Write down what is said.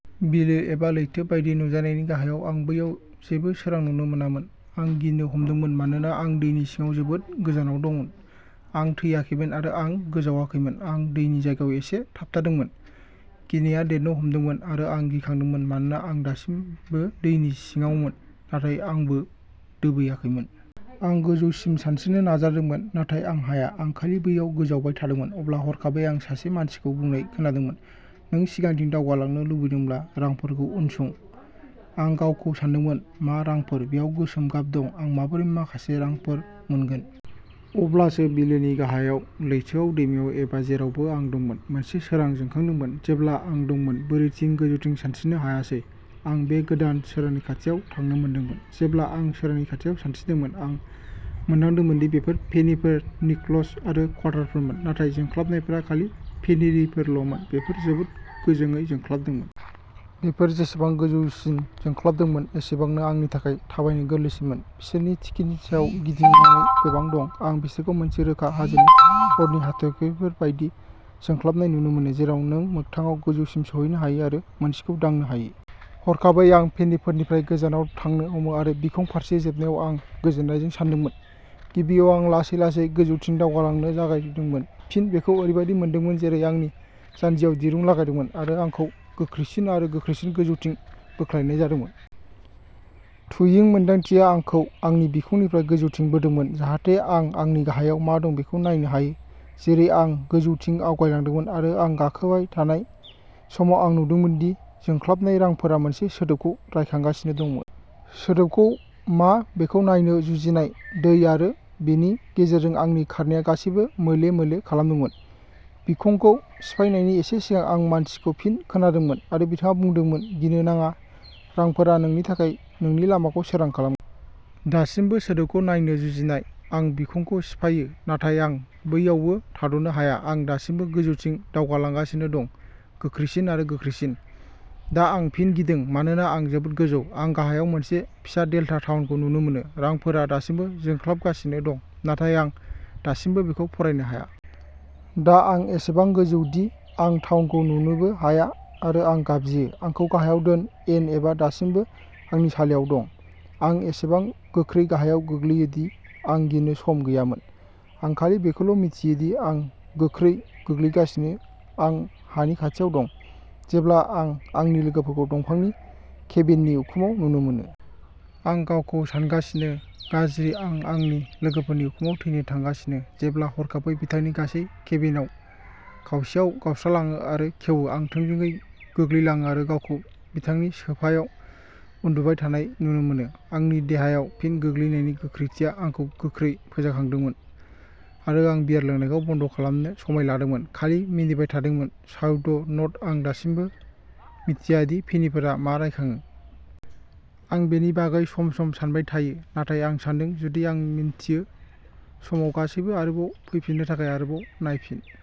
बिलो एबा लैथो बायदि नुजानायनि गाहायाव आं बैयाव जेबो सोरां नुनो मोनामोन। आं गिनो हमदोंमोन मानोना आं दैनि सिङाव जोबोद गोजानाव दंमोन आं थैयाखैमोन आरो आं गोजावाखैमोन आं दैनि जायगायाव एसे थाबथादोंमोन। गिनाया देरनो हमदोंमोन आरो आं गिखांदोंमोन मानोना आं दासिमबो दैनि सिङावमोन, नाथाय आंबो दोबैाखैमोन। आं गोजौसिम सानस्रिनो नाजादोंमोन, नाथाय आं हाया, आं खालि बैयाव गोजावबाय थादोंमोन। अब्ला, हरखाबै आं सासे मानसिखौ बुंनाय खोनादोंमोन नों सिगांथिं दावगालांनो लुबैदोंब्ला, रांफोरखौ उनसं। आं गावखौ सानदोंमोन मा रांफोर, बेयाव गोसोम गाब दं, आं माबोरै माखासे रांफोर मोनगोन? अब्लासो बिलोनि गाहायाव, लैथोआव, दैमायाव, एबा जेरावबो आं दंमोन मोनसे सोरां जोंखांदोंमोन। जेब्ला आं दंमोन बोरिथिं गोजौथिं सानस्रिनो हायासै, आं बे गोदान सोरांनि खाथियाव थांनो मोनदोंमोन। जेब्ला आं सोरांनि खाथियाव सानस्रिदोंमोन आं मोनदांदोंमोन दि बेफोर पेनिफोर, निकल्स आरो कुवार्टारफोरमोन नाथाय जोंख्लाबनायफोरा खालि पेनिफोरल'मोन बेफोर जोबोद गोजोंयै जोंख्लाबदोंमोन। बेफोर जेसेबां गोजोंसिन जोंख्लाबदोंमोन एसेबांनो आंनि थाखाय थाबायनो गोरलैसिनमोन। बिसोरनि थिखिनि सायाव गिदिंनानै गोबां दं। आं बिसोरखौ मोनसे रोखा हाजोनि हरनि हाथरखिफोर बायदि जोंख्लाबनाय नुनो मोनो जेराव नों मोगथाङाव गोजौसिम सौहैनो हायो आरो मोनसेखौ दांनो हायो। हरखाबै आं पेनिफोरनिफ्राय गोजानाव थांनो हमो आरो बिखं फारसे जोबनायाव आं गोजोननायजों सानदोंमोन। गिबियाव आं लासै लासै गोजौथिं दावगालांनो जागायदोंमोन फिन बेखौ ओरैबायदि मोनदोंमोन जेरै आंनि जान्जियाव दिरुं लागायदोंमोन आरो आंखौ गोख्रैसिन आरो गोख्रैसिन गोजौथिं बोख्लायनाय जादोंमोन। टुविं मोनदांथिया आंखौ आंनि बिखुंनिफ्राय गोजौथिं बोदोंमोन, जाहाथे आं आंनि गाहायाव मा दं बेखौ नायनो हायो जेरै आं। गोजौथिं आवगायलांदोंमोन आरो आं गाखोबाय थानाय समाव, आं नुदोंमोन दि जोंख्लाबनाय रांफोरा मोनसे सोदोबखौ रायखांगासिनो दंमोन। सोदोबखौ मा बेखौ नायनो जुजिनाय, दै आरो बेनि गेजेरजों आंनि खारनाया गासैबो मोले मोले खालामदोंमोन। बिखंखौ सिफायनायनि एसे सिगां आं मानसिखौ फिन खोनादोंमोन आरो बिथाङा बुंदोंमोन गिनो नाङा रांफोरा नोंनि थाखाय नोंनि लामाखौ सोरां खालामगोन। दासिमबो सोदोबखौ नायनो जुजिनाय, आं बिखंखौ सिफायो नाथाय आं बैयावबो थाद'नो हाया आं दासिमबो गोजौथिं दावगालांगासिनो दं, गोख्रैसिन आरो गोख्रैसिन। दा आं फिन गिदों मानोना आं जोबोद गोजौ। आं गाहायाव मोनसे फिसा डेल्टा टाउनखौ नुनो मोनो, रांफोरा दासिमबो जोंख्लाबगासिनो दं, नाथाय आं दासिमबो बेखौ फरायनो हाया। दा आं एसेबां गोजौ दि आं टाउनखौ नुनोबो हाया आरो आं गाबज्रियो आंखौ गाहायाव दोन एन आ दासिमबो आंनि सालायाव दं, आं एसेबां गोख्रै गाहायाव गोग्लैयो दि आं गिनो सम गैयामोन। आं खालि बेखौल' मिथियो दि आं गोख्रै गोग्लैगासिनो आं हानि खाथियाव दं जेब्ला आं आंनि लोगोफोरखौ दंफांनि केबिननि उखुमाव नुनो मोनो। आं गावखौ सानगासिनो गाज्रि आं आंनि लोगोफोरनि उखुमाव थैनो थांगासिनो जेब्ला हरखाबै बिथांनि गासै केबिनआ खावसेयाव गावस्रालाङो आरो खेवो आं थोंजोङै गोग्लैलाङो आरो गावखौ बिथांनि सोफायाव उन्दुबाय थानाय नुनो मोनो। आंनि देहायाव फिन गोग्लैनायनि गोख्रैथिया आंखौ गोख्रै फोजाखांदोंमोन आरो आं बियार लोंनायखौ बन्द खालामनो समाय लादोंमोन खालि मिनिबाय थादोंमोन साइड नट आं दासिमबो मिथिया दि पेनिफोरा मा रायखाङो। आं बेनि बागै सम सम सानबाय थायो। नाथाय आं सान्दों जुदि आं मिन्थियो समाव गासैबो। आरोबाव फैफिननो थाखाय आरोबाव नायफिन।